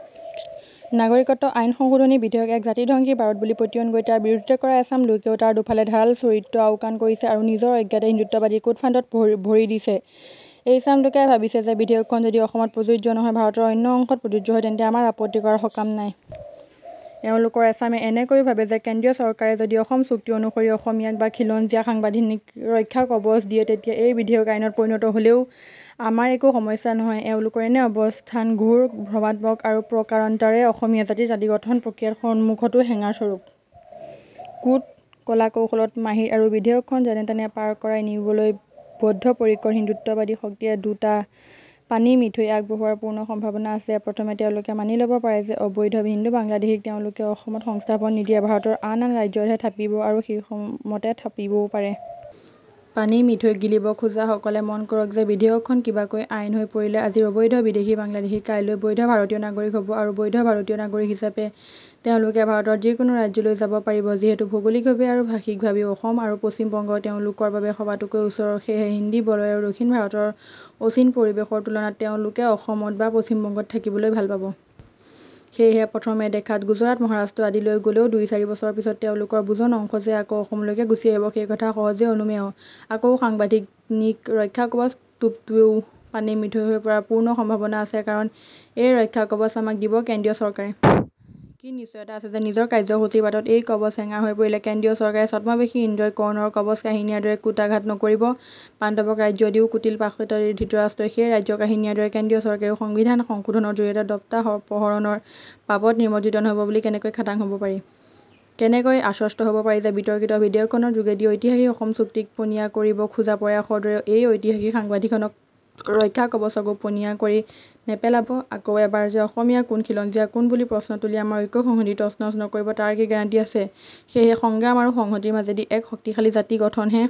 নাগৰিকত্ব আইন সংশোধনী বিধেয়ক এক জাতিধ্বংসী বাৰুদ বুলি পতিয়ন গৈ তাৰ বিৰোধিতা কৰা এচাম লোকেও তাৰ দুফালে ধাৰাল চৰিত্ৰ আওকাণ কৰিছে আৰু নিজৰ অজ্ঞাতে হিন্দুত্ববাদীৰ কূটফান্দত ভৰি দিছে। এইচাম লোকে ভাবিছে যে বিধেয়কখন যদি অসমত প্ৰযোজ্য নহৈ ভাৰতৰ অন্য অংশত প্ৰযোজ্য হয় তেন্তে আমাৰ আপত্তি কৰাৰ সকাম নাই। এওঁলোকৰ এচামে এনেকৈয়ো ভাবে যে কেন্দ্ৰীয় চৰকাৰে যদি অসম চুক্তি অনুসৰি অসমীয়াক বা খিলঞ্জীয়াক সাংবিধানিক ৰক্ষাকৱচ দিয়ে তেতিয়া এই বিধেয়ক আইনত পৰিণত হ'লেও আমাৰ একো সমস্যা নহয়। এওঁলোকৰ এনে অৱ্স্থান ঘোৰ ভ্ৰমাত্মক আৰু প্ৰকাৰান্তৰে অসমীয়া জাতিৰ জাতিগঠন প্ৰক্ৰিয়াৰ সমুখতো হেঙাৰস্বৰূপ। কূট কলাকৌশলত মাহিৰ আৰু বিধেয়কখন যেনেতেনে পাৰ কৰাই নিবলৈ বদ্ধপৰিকৰ হিন্দুত্ববাদী শক্তিয়ে দুটা পানীমিঠৈ আগ বঢ়োৱাৰ পূৰ্ণ সম্ভাৱনা আছে। প্ৰথমে তেওঁলোকে মানি ল'ব পাৰে যে অবৈধ হিন্দু বাংলাদেশীক তেওঁলোকে অসমত সংস্থাপন নিদিয়ে, ভাৰতৰ আন আন ৰাজ্যতহে থাপিব আৰু সেইমতে থাপিবও পাৰে। পানীমিঠৈ গিলিব খোজাসকলে মন কৰক যে বিধেয়কখন কিবাকৈ আইন হৈ পৰিলে আজিৰ অবৈধ বিদেশী বাংলাদেশী কাইলৈ বৈধ ভাৰতীয় নাগৰিক হ'ব আৰু বৈধ ভাৰতীয় নাগৰিক হিচাপে তেওঁলোকে ভাৰতৰ যিকোনো ৰাজ্যলৈ যাব পাৰিব। যিহেতু ভৌগোলিকভাৱে আৰু ভাষিকভাৱেও অসম আৰু পশ্চিম বংগ তেওঁলোকৰ বাবে সবাতোকৈ ওচৰৰ, সেয়ে হিন্দী বলয় বা দক্ষিণ ভাৰতৰ অচিন পৰিৱেশৰ তুলনাত তেওঁলোকে অসমত বা পশ্চিম বংগত থাকিবলৈকে ভাল পাব। সেয়েহে প্ৰথমে দেখাত গুজৰাট, মহাৰাষ্ট্ৰ আদিলৈ গলেও দুই-চাৰি বছৰ পিছত তেওঁলোকৰ বুজন অংশ যে আকৌ অসমলৈকেই গুছি আহিব সেইকথা সহজেই অনুমেয়। আকৌ সাংবিধানিক ৰক্ষাকৱচ টোপটোও পানীমিঠৈ হৈ পৰাৰ পূৰ্ণ সম্ভাৱনা আছে। কাৰণ এই ৰক্ষাকৱচ আমাক দিব কেন্দ্ৰীয় চৰকাৰে। কি নিশ্চয়তা আছে যে নিজৰ কাৰ্যসূচীৰ বাটত এই কৱচ হেঙাৰ হৈ পৰিলে কেন্দ্ৰীয় চৰকাৰে ছদ্মবেশী ইন্দ্ৰই কৰ্ণৰ কৱচ কাঢ়ি নিয়াৰ দৰে কূটাঘাত নকৰিব? পাণ্ডৱক ৰাজ্য দিও কুটিল পাশাটিৰে ধৃতৰাষ্ট্ৰই সেই ৰাজ্য কাঢ়ি নিয়াৰ দৰে কেন্দ্ৰীয় চৰকাৰেও সংবিধান সংশোধনৰ জৰিয়তে দত্তাপহৰণ পাপত নিমজ্জিত নহব বুলি কেনেকৈ খাটাং হ'ব পাৰি? কেনেকৈ আশ্বস্ত হ'ব পাৰি যে বিতৰ্কিত বিধেয়কখনৰ যোগেদি ঐতিহাসিক অসম চুক্তিক পনীয়া কৰিব খোজা প্ৰয়াসৰ দৰে এই ঐতিহাসিক সাংবিধানিক ৰক্ষাকৱচকো পনীয়া কৰি নেপেলাব? আকৌ এবাৰ যে অসমীয়া কোন, খিলঞ্জীয়া কোন বুলি প্ৰশ্ন তুলি আমাৰ ঐক্য-সংহতি তছনছ নকৰিব তাৰ কি গেৰাণ্টি আছে? সেয়েহে সংগ্ৰাম আৰু সংহতিৰ মাজেদি এক শক্তিশালী জাতিগঠনেহে